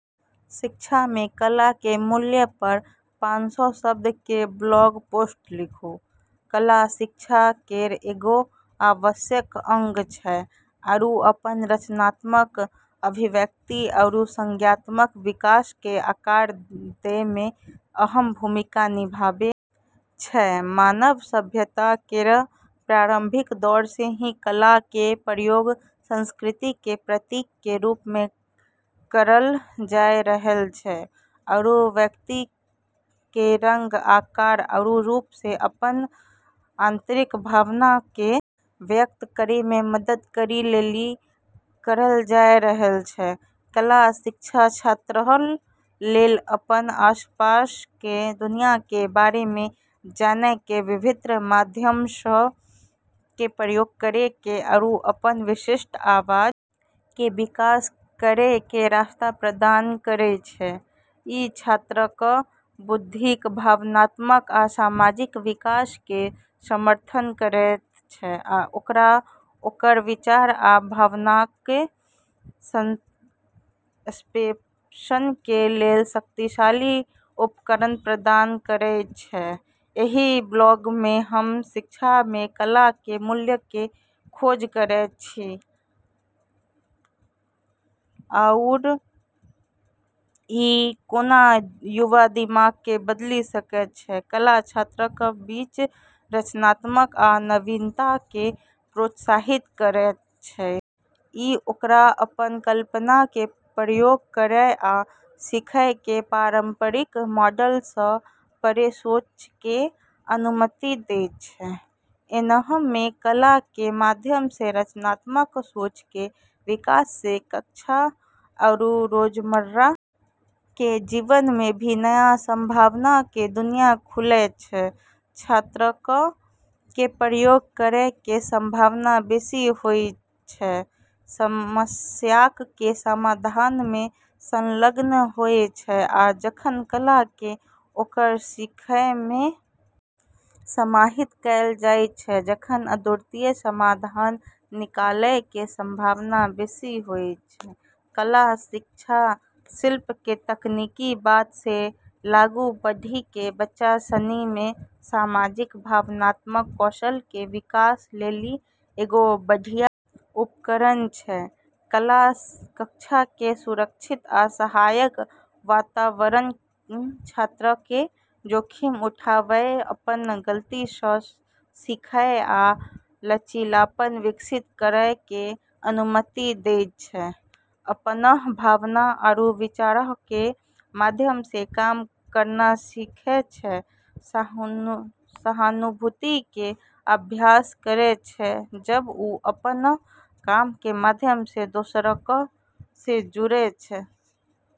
शिक्षा मे कला के मूल्य पर पानसौ शब्द के ब्लॉग पोस्ट लिखू, कला शिक्षा केरऽ एगो आवश्यक अंग छै आरू अपनऽ रचनात्मक अभिव्यक्ति आरू संज्ञानात्मक विकास के आकार दै मे अहम भूमिका निभाबै छै, मानव सभ्यता केरऽ प्रारंभिक दौर से ही कला के प्रयोग संस्कृति के प्रतीक के रूप मे करलऽ जाय रहलऽ छै आरू व्यक्ति के रंग, आकार आरू रूप से अपनऽ आंतरिक भावना के व्यक्त करै मे मदद करै लेली करलऽ जाय रहलऽ छै, कला शिक्षा छात्रऽ लेली अपनऽ आसपास के दुनिया के बारे मे जानय के विभिन्न माध्यमऽ के प्रयोग करै के आरू अपनऽ विशिष्ट आवाज के विकास करै के रास्ता प्रदान करै छै, इ छात्रक कें बौद्धिक, भावनात्मक आ सामाजिक विकास कें समर्थन करयत छै आ ओकरा ओकर विचार आ भावनाक कें संप्रेषण कें लेल शक्तिशाली उपकरण प्रदान करयत छै, एहि ब्लॉग मे हम शिक्षा मे कला के मूल्य के खोज करैत छी आओर ई कोना युवा दिमाग के बदलि सकैत अछि, कला छात्रक बीच रचनात्मकता आ नवीनता के प्रोत्साहित करैत अछि। इ ओकरा अपन कल्पना कें प्रयोग करय आ सीखय कें पारंपरिक मॉडल सं परे सोचय कें अनुमति देयत छै, ऐन्हऽ मे कला के माध्यम से रचनात्मक सोच के विकास से कक्षा आरू रोजमर्रा के जीवन मे भी नया संभावना के दुनिया खुले छै, छात्रक कें प्रयोग करय कें संभावना बेसि होयत छै, समस्याक कें समाधान मे संलग्न होयत छै आ जखन कला कें ओकर सीखय मे समाहित कैल जायत छै तखन अद्वितीय समाधान निकालय कें संभावना बेसि होयत छै, कला शिक्षा शिल्प के तकनीकी बात से आगू बढ़ी के बच्चा सिनी मे सामाजिक-भावनात्मक कौशल के विकास लेली एगो बढ़िया उपकरण छै, कला कक्षा कें सुरक्षित आ सहायक वातावरण छात्रक कें जोखिम उठावय, अपन गलती सं सीखय आ लचीलापन विकसित करय कें अनुमति देयत छै, अपनऽ भावना आरू विचारऽ के माध्यम से काम करना सीखै छै, सहानुभूति के अभ्यास करै छै जब उ अपनऽ काम के माध्यम से दोसरऽ से जुड़ै छै।